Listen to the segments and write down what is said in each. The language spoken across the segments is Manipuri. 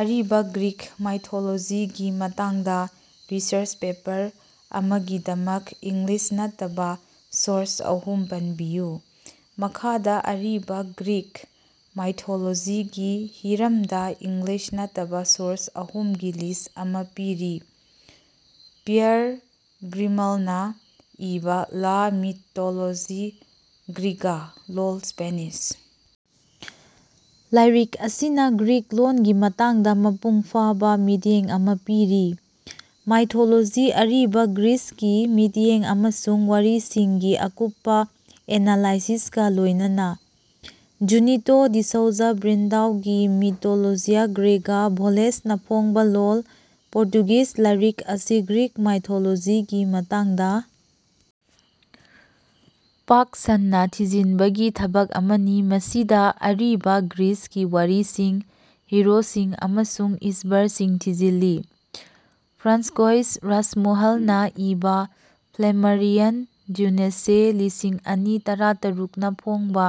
ꯑꯔꯤꯕꯥ ꯒ꯭ꯔꯤꯛ ꯃꯥꯏꯊꯣꯂꯣꯖꯤꯒꯤ ꯃꯇꯥꯡꯗ ꯔꯤꯁꯔꯁ ꯄꯦꯄꯔ ꯑꯃꯒꯤꯗꯃꯛ ꯏꯪꯂꯤꯁ ꯅꯠꯇꯕꯥ ꯁꯣꯔꯁ ꯑꯍꯨꯝ ꯄꯟꯕꯤꯌꯨ꯫ ꯃꯈꯥꯗ ꯑꯔꯤꯕꯥ ꯒ꯭ꯔꯤꯛ ꯃꯥꯏꯊꯣꯂꯣꯖꯤꯒꯤ ꯍꯤꯔꯝꯗꯥ ꯏꯪꯂꯤꯁ ꯅꯠꯇꯕꯥ ꯁꯣꯔꯁ ꯑꯍꯨꯝꯒꯤ ꯂꯤꯁ ꯑꯃ ꯄꯤꯔꯤ: ꯄꯤꯌꯔ ꯒ꯭ꯔꯤꯃꯥꯜꯅꯥ ꯏꯕꯥ "ꯂꯥ ꯃꯤꯇꯣꯂꯣꯖꯤ ꯒ꯭ꯔꯤꯒꯥ" ( ꯂꯣꯜ: ꯁ꯭ꯄꯦꯅꯤꯁ) ꯂꯥꯏꯔꯤꯛ ꯑꯁꯤꯅꯥ ꯒ꯭ꯔꯤꯛ ꯂꯣꯟꯒꯤ ꯃꯇꯥꯡꯗ ꯃꯄꯨꯡꯐꯥꯕ ꯃꯤꯠꯌꯦꯡ ꯑꯃ ꯄꯤꯔꯤ꯫ ꯃꯥꯏꯊꯣꯂꯣꯖꯤ, ꯑꯔꯤꯕꯥ ꯒ꯭ꯔꯤꯁꯀꯤ ꯃꯤꯠꯌꯦꯡ ꯑꯃꯁꯨꯡ ꯋꯥꯔꯤꯁꯤꯡꯒꯤ ꯑꯀꯨꯞꯄꯥ ꯑꯦꯅꯥꯂꯥꯏꯁꯤꯁꯀꯥ ꯂꯣꯏꯅꯅꯥ꯫ ꯖꯨꯅꯤꯇꯣ ꯗꯦ ꯁꯧꯖꯥ ꯕ꯭ꯔꯥꯟꯗꯑꯣꯒꯤ "ꯃꯤꯇꯣꯂꯣꯖꯤꯌꯥ ꯒ꯭ꯔꯦꯒꯥ", (ꯚꯣꯖꯦꯁꯅꯥ ꯐꯣꯡꯕꯥ, ꯂꯣꯜ: ꯄꯣꯔꯇꯨꯒꯤꯖ) ꯂꯥꯏꯔꯤꯛ ꯑꯁꯤ ꯒ꯭ꯔꯤꯛ ꯃꯥꯏꯊꯣꯂꯣꯖꯤꯒꯤ ꯃꯇꯥꯡꯗ ꯄꯥꯛ ꯁꯟꯅꯥ ꯊꯤꯖꯤꯟꯕꯒꯤ ꯊꯕꯛ ꯑꯃꯅꯤ, ꯃꯁꯤꯗꯥ ꯑꯔꯤꯕꯥ ꯒ꯭ꯔꯤꯁꯀꯤ ꯋꯥꯔꯤꯁꯤꯡ, ꯍꯤꯔꯣꯁꯤꯡ ꯑꯃꯁꯨꯡ ꯏꯁ꯭ꯕꯔꯁꯤꯡ ꯊꯤꯖꯤꯜꯂꯤ꯫ ꯐ꯭ꯔꯥꯟꯁꯑꯣꯏꯁ ꯔꯥꯁꯃꯨꯍꯜꯅꯥ ꯏꯕꯥ (ꯐ꯭ꯂꯦꯃꯔꯤꯌꯟ ꯖꯦꯎꯅꯦꯁꯦ, ꯂꯤꯁꯤꯡ ꯑꯅꯤ ꯇꯔꯥꯇꯔꯨꯛꯅꯥ ꯐꯣꯡꯕꯥ)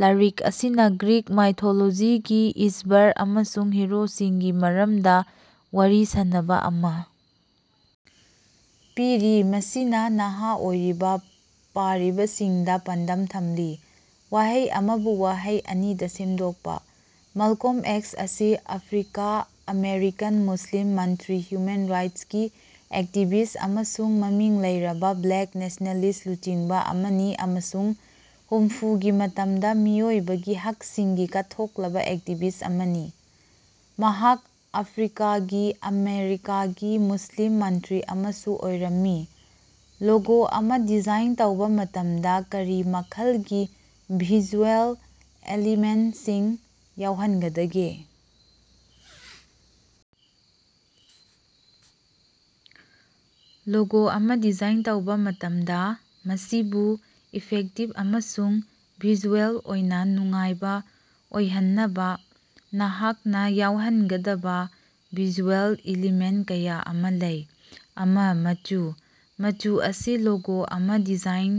ꯂꯥꯏꯔꯤꯛ ꯑꯁꯤꯅꯥ ꯒ꯭ꯔꯤꯛ ꯃꯥꯏꯊꯣꯂꯣꯖꯤꯒꯤ ꯏꯁ꯭ꯕꯔ ꯑꯃꯁꯨꯡ ꯍꯤꯔꯣꯁꯤꯡꯒꯤ ꯃꯔꯝꯗꯥ ꯋꯥꯔꯤ ꯁꯥꯅꯕꯥ ꯑꯃꯥ ꯄꯤꯔꯤ, ꯃꯁꯤꯅꯥ ꯅꯍꯥ ꯑꯣꯏꯔꯤꯕꯥ ꯄꯥꯔꯤꯕꯁꯤꯡꯗꯥ ꯄꯥꯟꯗꯝ ꯊꯝꯂꯤ꯫ ꯋꯥꯍꯩ ꯑꯃꯕꯨ ꯋꯥꯍꯩ ꯑꯅꯤꯗꯥ ꯁꯦꯝꯗꯣꯛꯄꯥ꯫ ꯃꯥꯜꯀꯣꯝ ꯑꯦꯛꯁ ꯑꯁꯤ ꯑꯐ꯭ꯔꯤꯀꯥ-ꯑꯥꯃꯦꯔꯤꯀꯥꯟ ꯃꯨꯁꯂꯤꯝ ꯃꯟꯇ꯭ꯔꯤ, ꯍ꯭ꯌꯨꯃꯦꯟ ꯔꯥꯏꯠꯁꯀꯤ ꯑꯦꯛꯇꯤꯕꯤꯁ ꯑꯃꯁꯨꯡ ꯃꯃꯤꯡ ꯂꯩꯔꯕꯥ ꯕ꯭ꯂꯦꯛ ꯅꯦꯁ꯭ꯅꯦꯂꯤꯁ꯭ꯠ ꯂꯨꯆꯤꯡꯕꯥ ꯑꯃꯅꯤ ꯑꯃꯁꯨꯡ ꯍꯨꯝꯐꯨꯒꯤ ꯃꯇꯝꯗꯥ ꯃꯤꯑꯣꯏꯕꯒꯤ ꯍꯛꯁꯤꯡꯒꯤ ꯀꯠꯊꯣꯛꯂꯕꯥ ꯑꯦꯛꯇꯤꯕꯤꯁ ꯑꯃꯅꯤ꯫ ꯃꯍꯥꯛ ꯑꯐ꯭ꯔꯤꯀꯥꯒꯤ ꯑꯃꯦꯔꯤꯀꯥꯒꯤ ꯃꯨꯁꯂꯤꯝ ꯃꯟꯇ꯭ꯔꯤ ꯑꯃꯁꯨ ꯑꯣꯏꯔꯝꯃꯤ꯫ ꯂꯣꯒꯣ ꯑꯃ ꯗꯤꯖꯥꯏꯟ ꯇꯧꯕ ꯃꯇꯝꯗꯥ ꯀꯔꯤ ꯃꯈꯜꯒꯤ ꯚꯤꯖꯨꯑꯦꯜ ꯑꯦꯂꯤꯃꯦꯟꯁꯤꯡ ꯌꯥꯎꯍꯟꯒꯗꯒꯦ? ꯂꯣꯒꯣ ꯑꯃ ꯗꯤꯖꯥꯏꯟ ꯇꯧꯕ ꯃꯇꯝꯗꯥ, ꯃꯁꯤꯕꯨ ꯏꯐꯦꯛꯇꯤꯕ ꯑꯃꯁꯨꯡ ꯚꯤꯖꯨꯑꯦꯜ ꯑꯣꯏꯅ ꯅꯨꯡꯉꯥꯏꯕꯥ ꯑꯣꯏꯍꯟꯅꯕꯥ ꯅꯍꯥꯛꯅꯥ ꯌꯥꯎꯍꯟꯒꯗꯕꯥ ꯚꯤꯖꯨꯑꯦꯜ ꯏꯂꯤꯃꯦꯟ ꯀꯌꯥ ꯑꯃꯥ ꯂꯩ: ꯑꯃ. ꯃꯆꯨ: ꯃꯆꯨ ꯑꯁꯤ ꯂꯣꯒꯣ ꯑꯃ ꯗꯤꯖꯥꯏꯟ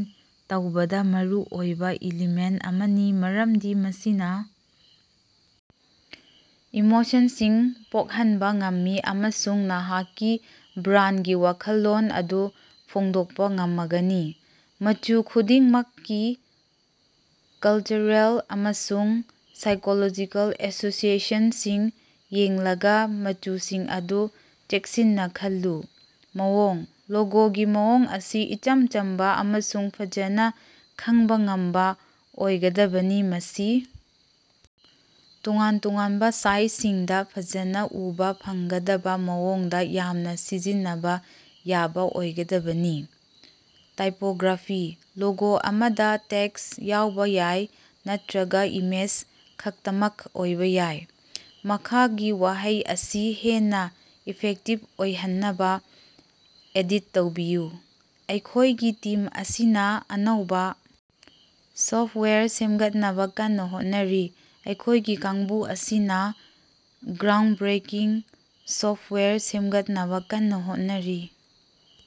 ꯇꯧꯕꯗꯥ ꯃꯔꯨ ꯑꯣꯏꯕ ꯏꯂꯤꯃꯦꯟ ꯑꯃꯅꯤ ꯃꯔꯝꯗꯤ ꯃꯁꯤꯅ ꯏꯃꯣꯁꯟꯁꯤꯡ ꯄꯣꯛꯍꯟꯕꯥ ꯉꯝꯃꯤ ꯑꯃꯁꯨꯡ ꯅꯍꯥꯛꯀꯤ ꯕ꯭ꯔꯥꯟꯒꯤ ꯋꯥꯈꯜꯂꯣꯟ ꯑꯗꯨ ꯐꯣꯡꯗꯣꯛꯄꯥ ꯉꯝꯃꯒꯅꯤ꯫ ꯃꯆꯨ ꯈꯨꯗꯤꯡꯃꯛꯀꯤ ꯀꯜꯆꯔꯦꯜ ꯑꯃꯁꯨꯡ ꯁꯥꯏꯀꯣꯂꯣꯖꯤꯀꯦꯜ ꯑꯦꯁꯣꯁꯤꯑꯦꯁꯟꯁꯤꯡ ꯌꯦꯡꯂꯒꯥ ꯃꯆꯨꯁꯤꯡ ꯑꯗꯨ ꯆꯦꯛꯁꯤꯟꯅꯥ ꯈꯜꯂꯨ꯫ ꯃꯑꯣꯡ: ꯂꯣꯒꯣꯒꯤ ꯃꯑꯣꯡ ꯑꯁꯤ ꯏꯆꯝ ꯆꯝꯕꯥ ꯑꯃꯁꯨꯡ ꯐꯖꯅꯥ ꯈꯪꯕꯥ ꯉꯝꯕꯥ ꯑꯣꯏꯒꯗꯕꯅꯤ꯫ ꯃꯁꯤ ꯇꯣꯉꯥꯟ-ꯇꯣꯉꯥꯟꯕꯥ ꯁꯥꯏꯖꯁꯤꯡꯗꯥ ꯐꯖꯅꯥ ꯎꯕꯥ ꯐꯪꯒꯗꯕꯥ ꯃꯑꯣꯡꯗꯥ ꯌꯥꯝꯅ ꯁꯤꯖꯤꯟꯅꯕ ꯌꯥꯕ ꯑꯣꯏꯒꯗꯕꯅꯤ꯫ ꯇꯥꯏꯄꯣꯒ꯭ꯔꯥꯐꯤ: ꯂꯣꯒꯣ ꯑꯃꯗꯥ ꯇꯦꯛꯁ ꯌꯥꯎꯕꯥ ꯌꯥꯏ ꯅꯠꯇ꯭ꯔꯒꯥ ꯏꯃꯦꯖ ꯈꯛꯇꯃꯛ ꯑꯣꯏꯕ ꯌꯥꯏ꯫ ꯃꯈꯥꯒꯤ ꯋꯥꯍꯩ ꯑꯁꯤ ꯍꯦꯟꯅꯥ ꯏꯐꯦꯛꯇꯤꯕ ꯑꯣꯏꯍꯟꯅꯕꯥ ꯑꯦꯗꯤꯠ ꯇꯧꯕꯤꯌꯨ: "ꯑꯩꯈꯣꯏꯒꯤ ꯇꯤꯝ ꯑꯁꯤꯅꯥ ꯑꯅꯧꯕꯥ ꯁꯣꯐꯋꯦꯌꯔ ꯁꯦꯝꯒꯠꯅꯕꯥ ꯀꯟꯅꯥ ꯍꯣꯠꯅꯔꯤ꯫" ꯑꯩꯈꯣꯏꯒꯤ ꯀꯥꯡꯕꯨ ꯑꯁꯤꯅꯥ ꯒ꯭ꯔꯥꯎꯟꯕ꯭ꯔꯦꯀꯤꯡ ꯁꯣꯐꯋꯦꯌꯔ ꯁꯦꯝꯒꯠꯅꯕꯥ ꯀꯟꯅꯥ ꯍꯣꯠꯅꯔꯤ꯫